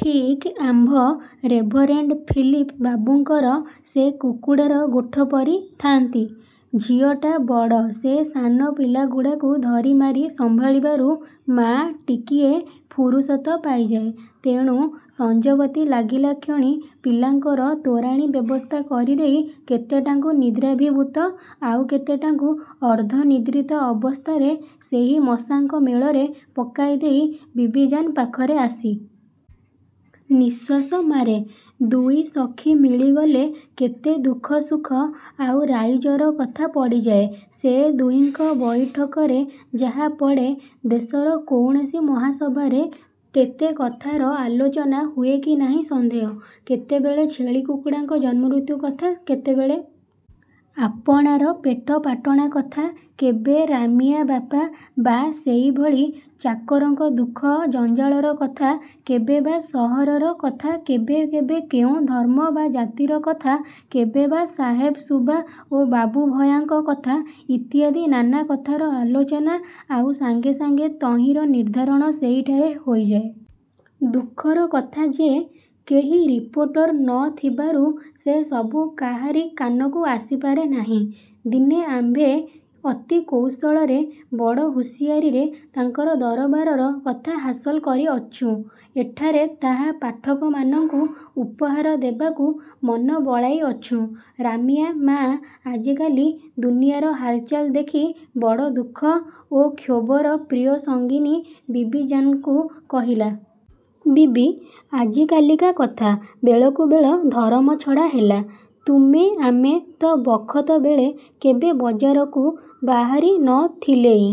ଠିକ୍ ଆମ୍ଭ reverend Philip ବାବୁଙ୍କର ସେ କୁକୁଡ଼ାର ଗୋଠ ପରି ଥାନ୍ତି। ଝିଅଟା ବଡ଼ ସେ ସାନ ପିଲାଗୁଡ଼ାକୁ ଧରିମାରି ସମ୍ଭାଳିବାରୁ ମା' ଟିକିଏ ଫୁରୁସତ ପାଇଯାଏ। ତେଣୁ ସଞ୍ଜବତି ଲାଗିଲାକ୍ଷଣି ପିଲାଙ୍କର ତୋରାଣୀ ବ୍ୟବସ୍ଥା କରିଦେଇ କେତେଟାଙ୍କୁ ନିଦ୍ରାଭିଭୂତ ଆଉ କେତେଟାଙ୍କୁ ଅର୍ଦ୍ଧନିଦ୍ରିତ ଅବସ୍ଥାରେ ସେହି ମଶାଙ୍କ ମେଳରେ ପକାଇଦେଇ ବିବିଜାନ୍ ପାଖରେ ଆସି। ନିଶ୍ୱାସ ମାରେ। ଦୁଇ ସଖୀ ମିଳିଗଲେ କେତେ ଦୁଃଖ ସୁଖ, ଆଉ ରାଇଜର କଥା ପଡ଼ିଯାଏ-। ସେ ଦୁହିଙ୍କ ବୈଠକରେ ଯାହା ପଡ଼େ, ଦେଶର କୌଣସି ମହାସଭାରେ ତେତେ କଥାର ଆଲୋଚନା ହୁଏ କି ନାହିଁ ସନ୍ଦେହ! କେତେବେଳେ ଛେଳି କୁକୁଡ଼ାଙ୍କ ଜନ୍ମମୃତ୍ୟୁ କଥା କେତେବେଳେ ଆପଣାର ପେଟପାଟଣା କଥା କେବେ ରାମିଆ ବାପା ବା ସେହିଭଳି ଚାକରଙ୍କ ଦୁଃଖ ଜଞ୍ଜାଳର କଥା କେବେ ବା ସହରର କଥା କେବେ କେବେ କେଉଁ ଧର୍ମ ବା ଜାତିର କଥା କେବେ ବା ସାହେବ ସୁବା ଓ ବାବୁ ଭୟାଙ୍କ କଥା ଇତ୍ୟାଦି ନାନା କଥାର ଆଲୋଚନା ଆଉ ସାଙ୍ଗେ ସାଙ୍ଗେ ତହିଁର ନିର୍ଦ୍ଧାରଣ ସେହିଠାରେ ହୋଇଯାଏ। ଦୁଃଖର କଥା ଯେ, କେହି ରିପୋର୍ଟର ନ ଥିବାରୁ ସେ ସବୁ କାହାରି କାନକୁ ଆସିପାରେ ନାହିଁ। ଦିନେ ଆମ୍ଭେ ଅତି କୌଶଳରେ ବଡ଼ ହୁସିଆରୀରେ ତାଙ୍କର ଦରବାରର କଥା ହାସଲ୍ କରିଅଛୁଁ। ଏଠାରେ ତାହା ପାଠକମାନଙ୍କୁ ଉପହାର ଦେବାକୁ ମନ ବଳାଇଅଛୁଁ। ରାମିଆ ମା' ଆଜିକାଲି ଦୁନିଆର ହାଲଚାଲ ଦେଖି ବଡ଼ ଦୁଃଖ ଓ କ୍ଷୋଭର ପ୍ରିୟସଙ୍ଗିନୀ ବିବିଜାନ୍କୁ କହିଲା. ''ବିବି, ଆଜିକାଲିକା କଥା ବେଳକୁବେଳ ଧରମଛଡ଼ା ହେଲା। ତୁମେ ଆମେ ତ ବଖତବେଳେ କେବେ ବଜାରକୁ ବାହାରି ନ ଥିଲେଇଁ।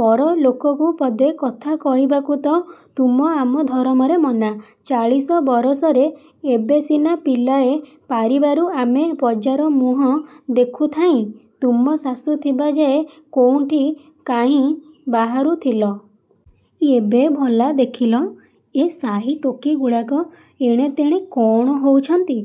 ପର ଲୋକକୁ ପଦେ କଥା କହିବାକୁ ତ ତୁମ ଆମ ଧରମରେ ମନା। ଚାଳିଶ ବରଷରେ ଏବେ ସିନା ପିଲାଏ ପାରିବାରୁ ଆମେ ବଜାରମୁହଁ ଦେଖୁଥାଇଁ ତୁମ ଶାଶୁ ଥିବାଯାଏ କୋଉଁଠି କାହିଁ ବାହାରୁଥିଲ? ଏବେ ଭଲା ଦେଖିଲ, ଏ ସାହି ଟୋକିଗୁଡ଼ାକ ଏଣେତେଣେ କଣ ହଉଛନ୍ତି!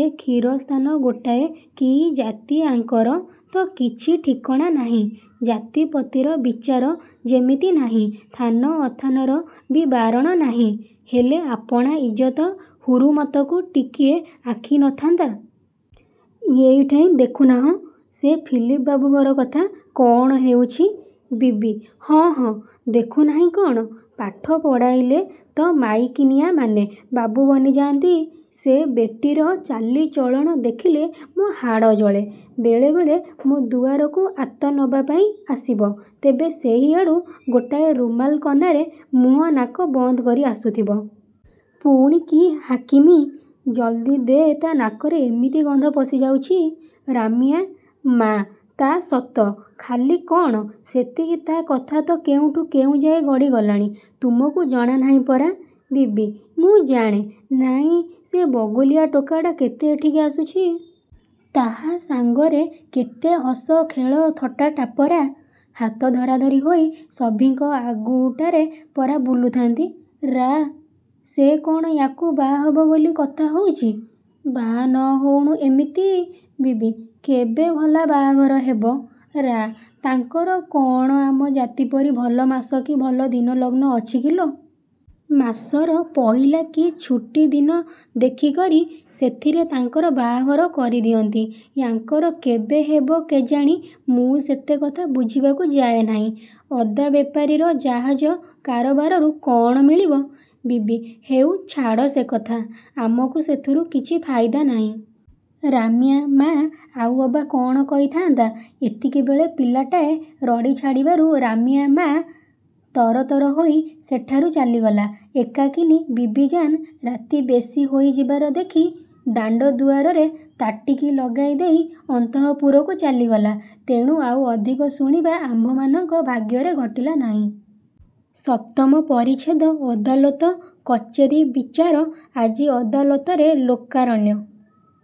ଏ ଖୀରସ୍ତାନ ଗୋଟାଏ କି ଜାତି ୟାଙ୍କର ତ କିଛି ଠିକଣା ନାହିଁ ଜାତିପତିର ବିଚାର ଯେମିତି ନାହିଁ ଥାନ ଅଥାନର ବି ବାରଣ ନାହିଁ। ହେଲେ ଆପଣା ଇଜତ ହୁରୁମତକୁ ଟିକିଏ ଆଖି ନଥାନ୍ତା! ଏଇଠେଇଁ ଦେଖୁନାହଁ, ସେ ଫିଲିପ ବାବୁ ଘର କଥା କଣ ହେଉଛି! ବିବି- ହଁ ହଁ, ଦେଖୁନାହିଁ କଣ? ପାଠ ପଢ଼ାଇଲେ ତ ମାଇକିନିଆମାନେ ବାବୁ ବନିଯାନ୍ତି। ସେ ବେଟୀର ଚାଲି ଚଳଣ ଦେଖିଲେ ମୋ ହାଡ଼ ଜଳେ। ବେଳେବେଳେ ମୋ ଦୁଆରକୁ ଆତ ନବା ପାଇଁ ଆସିବ, ତେବେ ସେହିଆଡୁ ଗୋଟାଏ ରୁମାଲ କନାରେ ମୁହଁ ନାକ ବନ୍ଦ କରି ଆସୁଥିବ। ପୁଣି କି ହାକିମି! ଜଲଦି ଦେ ତା ନାକରେ ଏମିତି ଗନ୍ଧ ପଶିଯାଉଛି! ରାମିଆ ମା' ତା ସତ, ଖାଲି କଣ ସେତିକି ତା କଥା ତ କେଉଁଠୁ କେଉଁଯାଏ ଗଡ଼ି ଗଲାଣି। ତୁମକୁ ଜଣା ନାହିଁ ପରା? ବିବି- ମୁଁ ଜାଣେ ନାହିଁ ସେ ବଗୁଲିଆ ଟୋକାଟା କେତେ ଏଠିକି ଆସୁଛି। ତାହା ସାଙ୍ଗରେ କେତେ ହସ ଖେଳ ଥଟା ଟାପରା। ହାତ ଧରାଧରି ହୋଇ ସଭିଁଙ୍କ ଆଗୁଟାରେ ପରା ବୁଲୁଥାନ୍ତି। ରା- ସେ କଣ ୟାକୁ ବାହା ହବ ବୋଲି କଥା ହଉଛି। ବାହା ନ ହଉଣୁ ଏମିତି! ବିବି- କେବେ ଭଲା ବାହାଘର ହେବ? ରା- ତାଙ୍କର କଣ ଆମ ଜାତି ପରି ଭଲ ମାସ କି ଭଲ ଦିନ ଲଗ୍ନ ଅଛି କି ଲୋ? ମାସର ପହିଲା କି ଛୁଟି ଦିନ ଦେଖିକରି ସେଥିରେ ତାଙ୍କର ବାହାଘର କରିଦିଅନ୍ତି। ୟାଙ୍କର କେବେ ହେବ କେଜାଣି ମୁଁ ସେତେ କଥା ବୁଝିବାକୁ ଯାଏ ନାହିଁ। ଅଦାବେପାରୀର ଜାହାଜ କାରବାରରୁ କଣ ମିଳିବ? ବିବି- ହେଉ, ଛାଡ଼ ସେ କଥା, ଆମକୁ ସେଥିରୁ କିଛି ଫାଇଦା ନାହିଁ। ରାମିଆ ମା' ଆଉ ଅବା କଣ କହିଥାନ୍ତା, ଏତିକିବେଳେ ପିଲାଟାଏ ରଡ଼ି ଛାଡ଼ିବାରୁ ରାମିଆ ମା' ତରତର ହୋଇ ସେଠାରୁ ଚାଲିଗଲା। ଏକାକିନୀ ବିବିଜାନ୍ ରାତି ବେଶି ହୋଇଯିବାର ଦେଖି ଦାଣ୍ଡ ଦୁଆରରେ ତାଟିକି ଲଗାଇଦେଇ ଅନ୍ତଃପୁରକୁ ଚାଲି ଗଲା। ତେଣୁ ଆଉ ଅଧିକ ଶୁଣିବା ଆମ୍ଭମାନଙ୍କ ଭାଗ୍ୟରେ ଘଟିଲା ନାହିଁ। ସପ୍ତମ ପରିଚ୍ଛେଦ ଅଦାଲତ କଚେରି-ବିଚାର ଆଜି ଅଦାଲତରେ ଲୋକାରଣ୍ୟ।